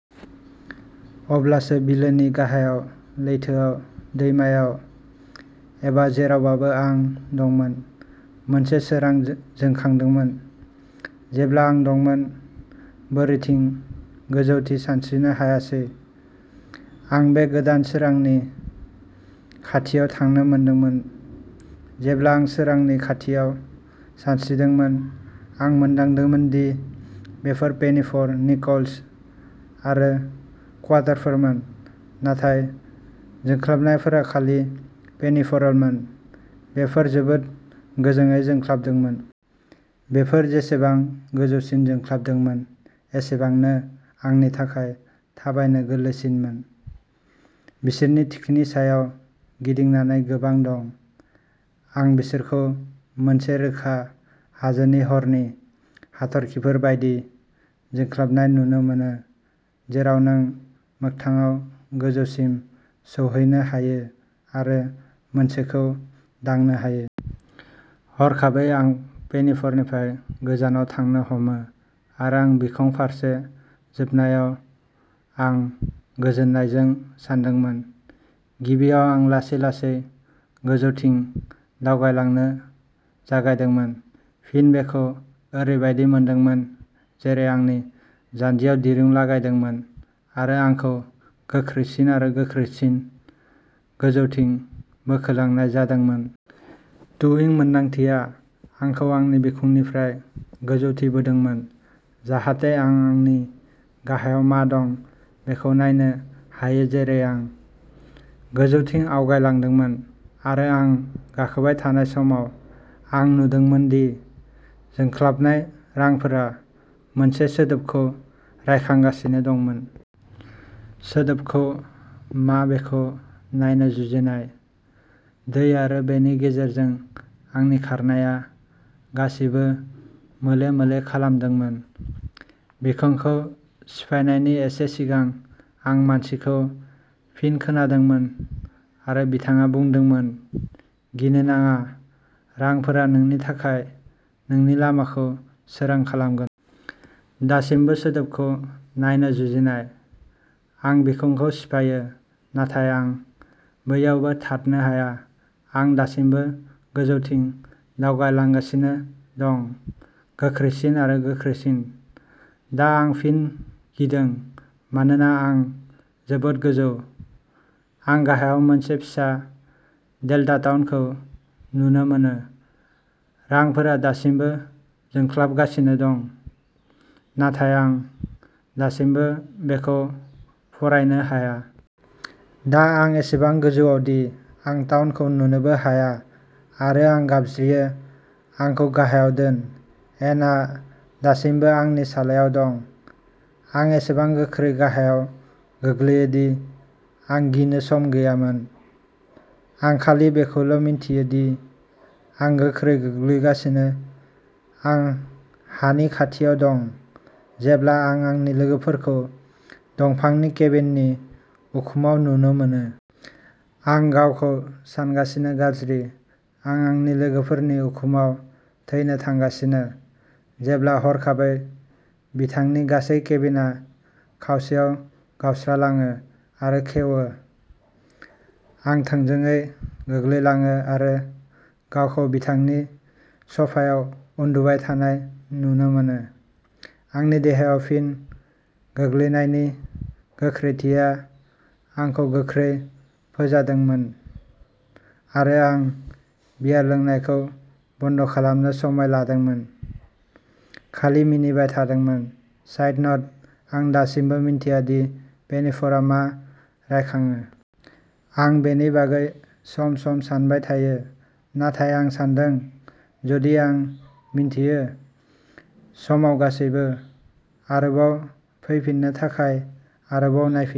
अब्लासो बिलोनि गाहायाव, लैथोआव, दैमायाव, एबा जेरावबो आं दंमोन मोनसे सोरां जोंखांदोंमोन। जेब्ला आं दंमोन बोरिथिं गोजौथिं सानस्रिनो हायासै, आं बे गोदान सोरांनि खाथियाव थांनो मोनदोंमोन। जेब्ला आं सोरांनि खाथियाव सानस्रिदोंमोन आं मोनदांदोंमोन दि बेफोर पेनिफोर, निकल्स आरो कुवार्टारफोरमोन नाथाय जोंख्लाबनायफोरा खालि पेनिफोरल'मोन बेफोर जोबोद गोजोंयै जोंख्लाबदोंमोन। बेफोर जेसेबां गोजोंसिन जोंख्लाबदोंमोन एसेबांनो आंनि थाखाय थाबायनो गोरलैसिनमोन। बिसोरनि थिखिनि सायाव गिदिंनानै गोबां दं। आं बिसोरखौ मोनसे रोखा हाजोनि हरनि हाथरखिफोर बायदि जोंख्लाबनाय नुनो मोनो जेराव नों मोगथाङाव गोजौसिम सौहैनो हायो आरो मोनसेखौ दांनो हायो। हरखाबै आं पेनिफोरनिफ्राय गोजानाव थांनो हमो आरो बिखं फारसे जोबनायाव आं गोजोननायजों सानदोंमोन। गिबियाव आं लासै लासै गोजौथिं दावगालांनो जागायदोंमोन फिन बेखौ ओरैबायदि मोनदोंमोन जेरै आंनि जान्जियाव दिरुं लागायदोंमोन आरो आंखौ गोख्रैसिन आरो गोख्रैसिन गोजौथिं बोख्लायनाय जादोंमोन। टुविं मोनदांथिया आंखौ आंनि बिखुंनिफ्राय गोजौथिं बोदोंमोन, जाहाथे आं आंनि गाहायाव मा दं बेखौ नायनो हायो जेरै आं। गोजौथिं आवगायलांदोंमोन आरो आं गाखोबाय थानाय समाव, आं नुदोंमोन दि जोंख्लाबनाय रांफोरा मोनसे सोदोबखौ रायखांगासिनो दंमोन। सोदोबखौ मा बेखौ नायनो जुजिनाय, दै आरो बेनि गेजेरजों आंनि खारनाया गासैबो मोले मोले खालामदोंमोन। बिखंखौ सिफायनायनि एसे सिगां आं मानसिखौ फिन खोनादोंमोन आरो बिथाङा बुंदोंमोन गिनो नाङा रांफोरा नोंनि थाखाय नोंनि लामाखौ सोरां खालामगोन। दासिमबो सोदोबखौ नायनो जुजिनाय, आं बिखंखौ सिफायो नाथाय आं बैयावबो थाद'नो हाया आं दासिमबो गोजौथिं दावगालांगासिनो दं, गोख्रैसिन आरो गोख्रैसिन। दा आं फिन गिदों मानोना आं जोबोद गोजौ। आं गाहायाव मोनसे फिसा डेल्टा टाउनखौ नुनो मोनो, रांफोरा दासिमबो जोंख्लाबगासिनो दं, नाथाय आं दासिमबो बेखौ फरायनो हाया। दा आं एसेबां गोजौ दि आं टाउनखौ नुनोबो हाया आरो आं गाबज्रियो आंखौ गाहायाव दोन एन आ दासिमबो आंनि सालायाव दं, आं एसेबां गोख्रै गाहायाव गोग्लैयो दि आं गिनो सम गैयामोन। आं खालि बेखौल' मिथियो दि आं गोख्रै गोग्लैगासिनो आं हानि खाथियाव दं जेब्ला आं आंनि लोगोफोरखौ दंफांनि केबिननि उखुमाव नुनो मोनो। आं गावखौ सानगासिनो गाज्रि आं आंनि लोगोफोरनि उखुमाव थैनो थांगासिनो जेब्ला हरखाबै बिथांनि गासै केबिनआ खावसेयाव गावस्रालाङो आरो खेवो आं थोंजोङै गोग्लैलाङो आरो गावखौ बिथांनि सोफायाव उन्दुबाय थानाय नुनो मोनो। आंनि देहायाव फिन गोग्लैनायनि गोख्रैथिया आंखौ गोख्रै फोजाखांदोंमोन आरो आं बियार लोंनायखौ बन्द खालामनो समाय लादोंमोन खालि मिनिबाय थादोंमोन साइड नट आं दासिमबो मिथिया दि पेनिफोरा मा रायखाङो। आं बेनि बागै सम सम सानबाय थायो। नाथाय आं सान्दों जुदि आं मिन्थियो समाव गासैबो। आरोबाव फैफिननो थाखाय आरोबाव नायफिन।